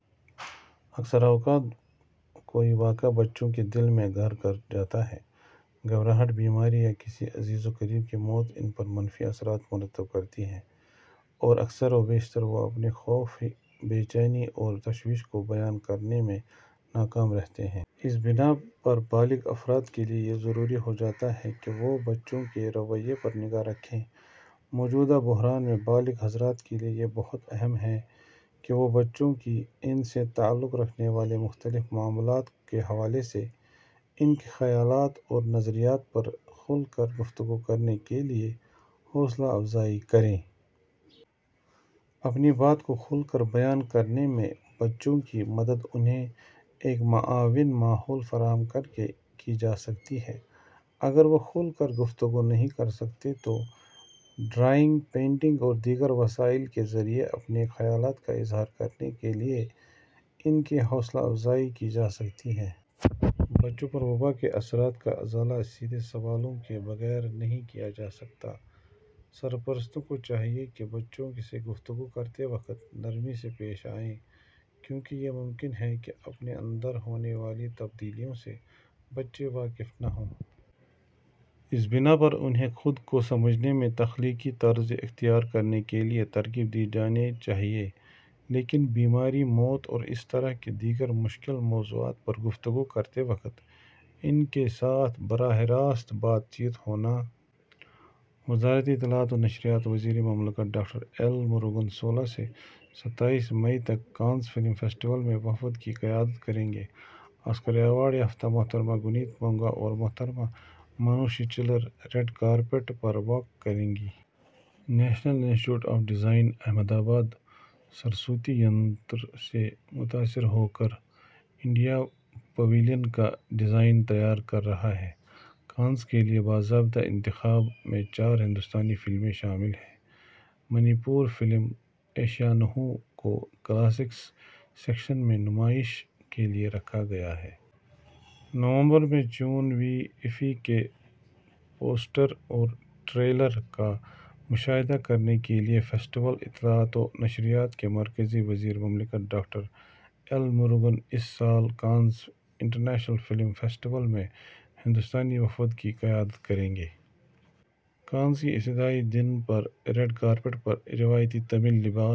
اکثر اوقات کوئی واقعہ بچوں کے دل میں گھر کر جاتا ہے۔ گھبراہٹ، بیماری یا کسی عزیز و قریب کی موت ان پر منفی اثرات مرتب کرتی ہے اور اکثر و بیشتر وہ اپنے خوف، بے چینی اور تشویش کو بیان کرنے میں ناکام رہتے ہیں۔ اس بنا پر بالغ افراد کے لیے یہ ضروری ہو جاتا ہے کہ وہ بچوں کے رویے پر نگاہ رکھیں۔ موجودہ بحران میں بالغ حضرات کے لیے یہ بہت اہم ہے کہ وہ بچوں کی، ان سے تعلق رکھنے والے مختلف معاملات کے حوالے سے، ان کے خیالات اور نظریات پر کھل کر گفتگو کرنے کے لیے حوصلہ افزائی کریں۔ اپنی بات کو کھل کر بیان کرنے میں بچوں کی مدد انہیں ایک معاون ماحول فراہم کرکے کی جا سکتی ہے۔ اگر وہ کھل کر گفتگو نہیں کر سکتے تو ڈرائنگ، پینٹنگ اور دیگر وسائل کے ذریعے اپنے خیالات کا اظہار کرنے کے لیے ان کی حوصلہ افزائی کی جا سکتی ہے۔ بچوں پر وبا کے اثرات کا ازالہ سیدھے سوالوں کے بغیر نہیں کیا جا سکتا۔ سرپرستوں کو چاہیے کہ بچوں سے گفتگو کرتے وقت نرمی سے پیش آئیں، کیونکہ یہ ممکن ہے کہ اپنے اندر ہونے والی تبدیلیوں سے بچے واقف نہ ہوں۔ اس بنا پر انہیں خود کو سمجھنے میں تخلیقی طرز اختیار کرنے کے لیے ترغیب دی جانی چاہیے، لیکن بیماری، موت اور اسی طرح کے دیگر مشکل موضوعات پر گفتگو کرتے وقت ان کے ساتھ براہ راست بات چیت ہونا... وزارت اطلاعات و نشریات۔ وزیر مملکت ڈاکٹر ایل مروگن سولہ سے ستائیس مئی تک کانز فلم فیسٹیول میں وفد کی قیادت کریں گے۔ آسکر ایوارڈ یافتہ محترمہ گنیت مونگا اور محترمہ مانوشی چلر ریڈ کارپٹ پر واک کریں گی۔ National institute of design, Ahmedabad, Saraswati ینتر سے متاثر ہوکر انڈیا پویلین کا ڈیزائن تیار کر رہا ہے۔ کانز کے لیے باضابطہ انتخاب میں چار ہندوستانی فلمیں شامل ہیں۔ منی پوری فلم ’ایشانہو‘ کو ’کلاسکس‘ سیکشن میں نمائش کے لیے رکھا گیا ہے۔ نومبر میں چون ویں اِفّی کے پوسٹر اور ٹریلر کا مشاہدہ کرنے کے لیے فیسٹیول۔ اطلاعات و نشریات کے مرکزی وزیر مملکت ڈاکٹر ایل مروگن اس سال کانز انٹرنیشنل فلم فیسٹیول میں ہندوستانی وفد کی قیادت کریں گے۔ کانز کے افتتاحی دن پر ریڈ کارپٹ پر روایتی تمل لباس..